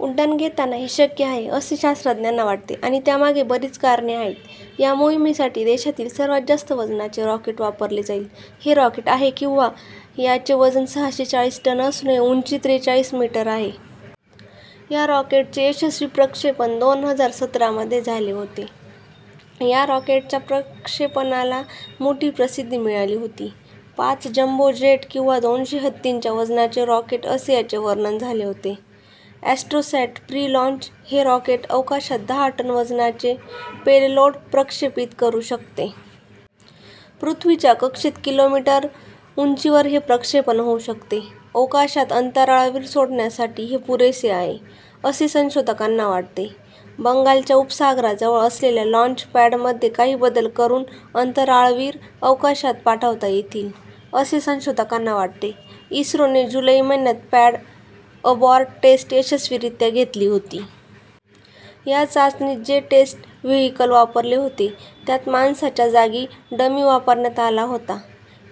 उड्डाण घेताना. हे शक्य आहे, असे शास्त्रज्ञांना वाटते आणि त्यामागे बरीच कारणे आहेत. या मोहिमेसाठी देशातील सर्वांत जास्त वजनाचे रॉकेट वापरले जाईल. हे रॉकेट आहे किंवा -. याचे वजन सहाशे चाळीस टन असून उंची त्रेचाळीस मीटर आहे. या रॉकेटचे यशस्वी प्रक्षेपण दोन हजार सतरामध्ये झाले होते. या रॉकेटच्या प्रक्षेपणाला मोठी प्रसिद्धी मिळाली होती. पाच जंबो जेट किंवा दोनशे हत्तींच्या वजनाचे रॉकेट असे याचे वर्णन झाले होते. ॲस्ट्रोसॅट प्री लाँच हे रॉकेट अवकाशात दहा टन वजनाचे पेललोड प्रक्षेपित करू शकते. पृथ्वीच्या कक्षेत किलोमीटर उंचीवर हे प्रक्षेपण होऊ शकते. अवकाशात अंतराळवीर सोडण्यासाठी हे पुरेसे आहे, असे संशोधकांना वाटते. बंगालच्या उपसागराजवळ असलेल्या लाँचपॅडमध्ये काही बदल करून अंतराळवीर अवकाशात पाठवता येतील, असे संशोधकांना वाटते. इस्रोने जुलै महिन्यात पॅड अबॉर्ट टेस्ट यशस्वीरीत्या घेतली होती. या चाचणीत जे टेस्ट व्हेईकल वापरले होते त्यात माणसाच्या जागी डमी वापरण्यात आला होता.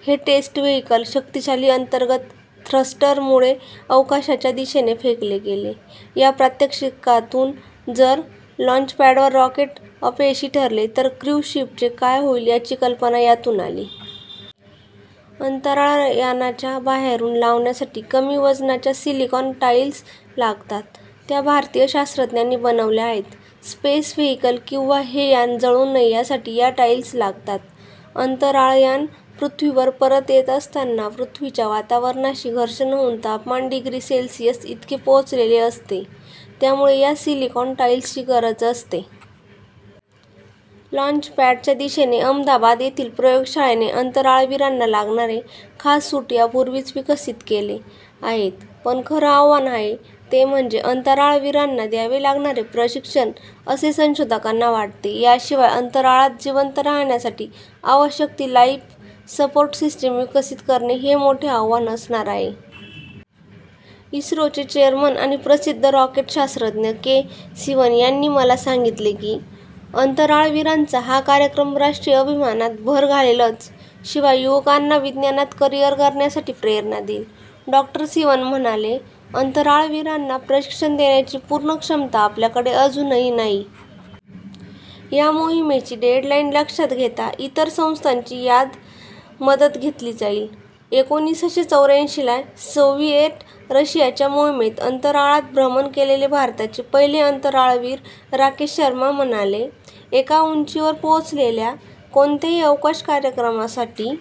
हे टेस्ट व्हेईकल शक्तिशाली अंतर्गत थ्रस्टरमुळे अवकाशाच्या दिशेने फेकले गेले. या प्रात्यक्षिकातून जर लाँचपॅडवर रॉकेट अपयशी ठरले तर क्र्यू शीपचे काय होईल, याची कल्पना यातून आली. अंतराळयानाच्या बाहेरून लावण्यासाठी कमी वजनाच्या सिलिकॉन टाईल्स लागतात. त्या भारतीय शास्त्रज्ञांनी बनवल्या आहेत. स्पेस व्हेईकल किंवा हे यान जळू नये यासाठी या टाईल्स लागतात. अंतराळयान पृथ्वीवर परत येत असताना पृथ्वीच्या वातावरणाशी घर्षण होऊन तापमान डिग्री सेल्सियस इतके पोहोचलेले असते, त्यामुळे या सिलिकॉन टाईल्सची गरज असते. लाँचपॅडच्या दिशेने अहमदाबाद येथील प्रयोगशाळेने अंतराळवीरांना लागणारे खास सूट यापूर्वीच विकसित केले आहेत. पण खरं आव्हान आहे ते म्हणजे अंतराळवीरांना द्यावे लागणारे प्रशिक्षण, असे संशोधकांना वाटते. याशिवाय अंतराळात जिवंत राहण्यासाठी आवश्यक ती लाईफ सपोर्ट सिस्टिम विकसित करणे, हे मोठे आव्हान असणार आहे. इस्रोचे चेअरमन आणि प्रसिद्ध रॉकेट शास्त्रज्ञ के. सीवन यांनी मला सांगितले की, "अंतराळवीरांचा हा कार्यक्रम राष्ट्रीय अभिमानात भर घालेलच शिवाय युवकांना विज्ञानात करिअर करण्यासाठी प्रेरणा देईल." डॉ. सीवन म्हणाले, "अंतराळवीरांना प्रशिक्षण देण्याची पूर्ण क्षमता आपल्याकडे अजूनही नाही. या मोहिमेची डेडलाईन लक्षात घेता इतर संस्थांची यात मदत घेतली जाईल." एकोणीसशे चौऱ्यांशीला सोव्हिएट रशियाच्या मोहिमेत अंतराळात भ्रमण केलेले भारताचे पहिले अंतराळवीर राकेश शर्मा म्हणाले, "एका उंचीवर पोहोचलेल्या कोणत्याही अवकाश कार्यक्रमासाठी